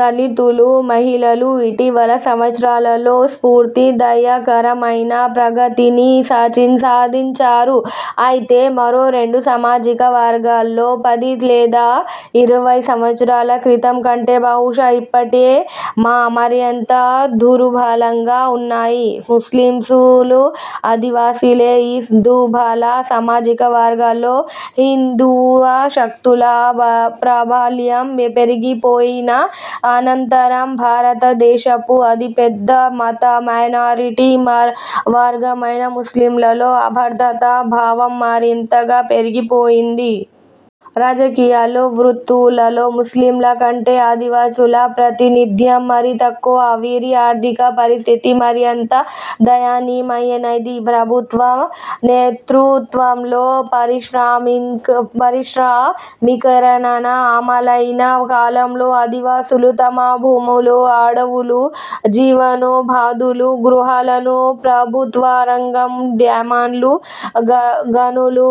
దళితులు, మహిళలు ఇటీవలి సంవత్సరాలలో స్ఫూర్తిదాయకమైన ప్రగతిని సాధించారు. అయితే మరో రెండు సామాజిక వర్గాలు పది లేదా ఇరవై సంవత్సరాల క్రితం కంటే బహుశా ఇప్పుడే మరింత దుర్భలంగా వున్నాయి. ముస్లింలు, ఆదివాసులే ఈ దుర్భల సామాజిక వర్గాలు. హిందూత్వ శక్తుల ప్రాబల్యం పెరిగిపోయిన అనంతరం భారతదేశపు అతి పెద్ద మత మైనారిటీ వర్గమైన ముస్లింలలో అభద్రతా భావం మరింతగా పెరిగిపోయింది. రాజకీయాలు, వృత్తులలో ముస్లింల కంటే ఆదివాసీల ప్రాతినిధ్యం మరీ తక్కువ. వీరి ఆర్థిక పరిస్థితి మరింత దయనీయమైనది. ప్రభుత్వ నేతృత్వంలో పారిశ్రామికీకరణ అమలయిన కాలంలో ఆదివాసీలు తమ భూములు, అడవులు, జీవనోపాధులు, గృహాలను ప్రభుత్వరంగ డ్యామ్లు, గనులు,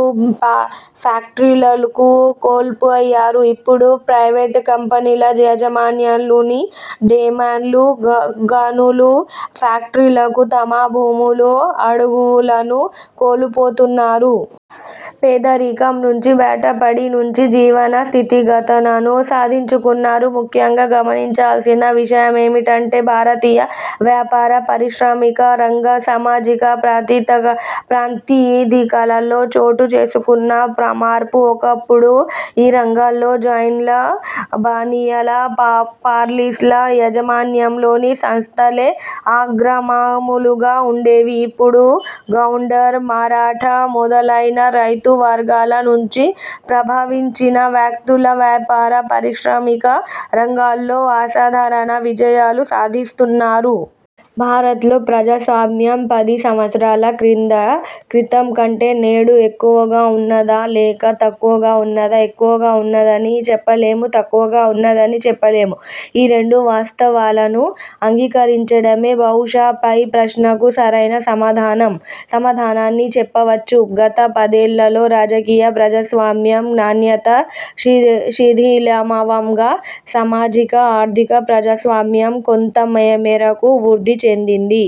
ఫ్యాక్టరీలకు కోల్పోయారు; ఇప్పుడు ప్రైవేట్ కంపెనీల యాజమాన్యంలోని డ్యామ్లు, గనులు, ఫ్యాక్టరీలకు తమ భూములు, అడవులను కోల్పోతున్నారు. పేదరికం నుంచి బయటపడి మంచి జీవన స్థితిగతులను సాధించుకున్నారు. ముఖ్యంగా గమనించాల్సిన విషయమేమిటంటే భారతీయ వ్యాపార పారిశ్రామిక రంగ సామాజిక ప్రాతిదికల్లో చోటుచేసుకున్న మార్పు. ఒకప్పుడు ఈ రంగాల్లో జైన్ల, బనియాల, పార్సీల యాజమాన్యంలోని సంస్థలే అగ్రగాములుగా వుండేవి. ఇప్పుడు గౌండార్, మరాఠా మొదలైన రైతు వర్గాల నుంచి ప్రభవించిన వ్యక్తులు వ్యాపార, పారిశ్రామిక రంగాలలో అసాధారణ విజయాలు సాధిస్తున్నారు. భారత్లో ప్రజాస్వామ్యం పది సంవత్సరాల క్రితం కంటే నేడు ఎక్కువగా వున్నదా? లేక తక్కువగా వున్నదా? ఎక్కువగా వున్నదనీ చెప్పలేము. తక్కువగా వున్నదనీ చెప్పలేము. ఆ రెండు వాస్తవాలను ఆంగీకరించడమే బహుశా పై ప్రశ్నకు సరైన సమాధానమని చెప్పవచ్చు. గత పదేళ్ళలో రాజకీయ ప్రజాస్వామ్య నాణ్యత శిథిలమవ్వగా సామాజిక, ఆర్థిక ప్రజాస్వామ్యం కొంతమేరకు వృద్ధి చెందింది.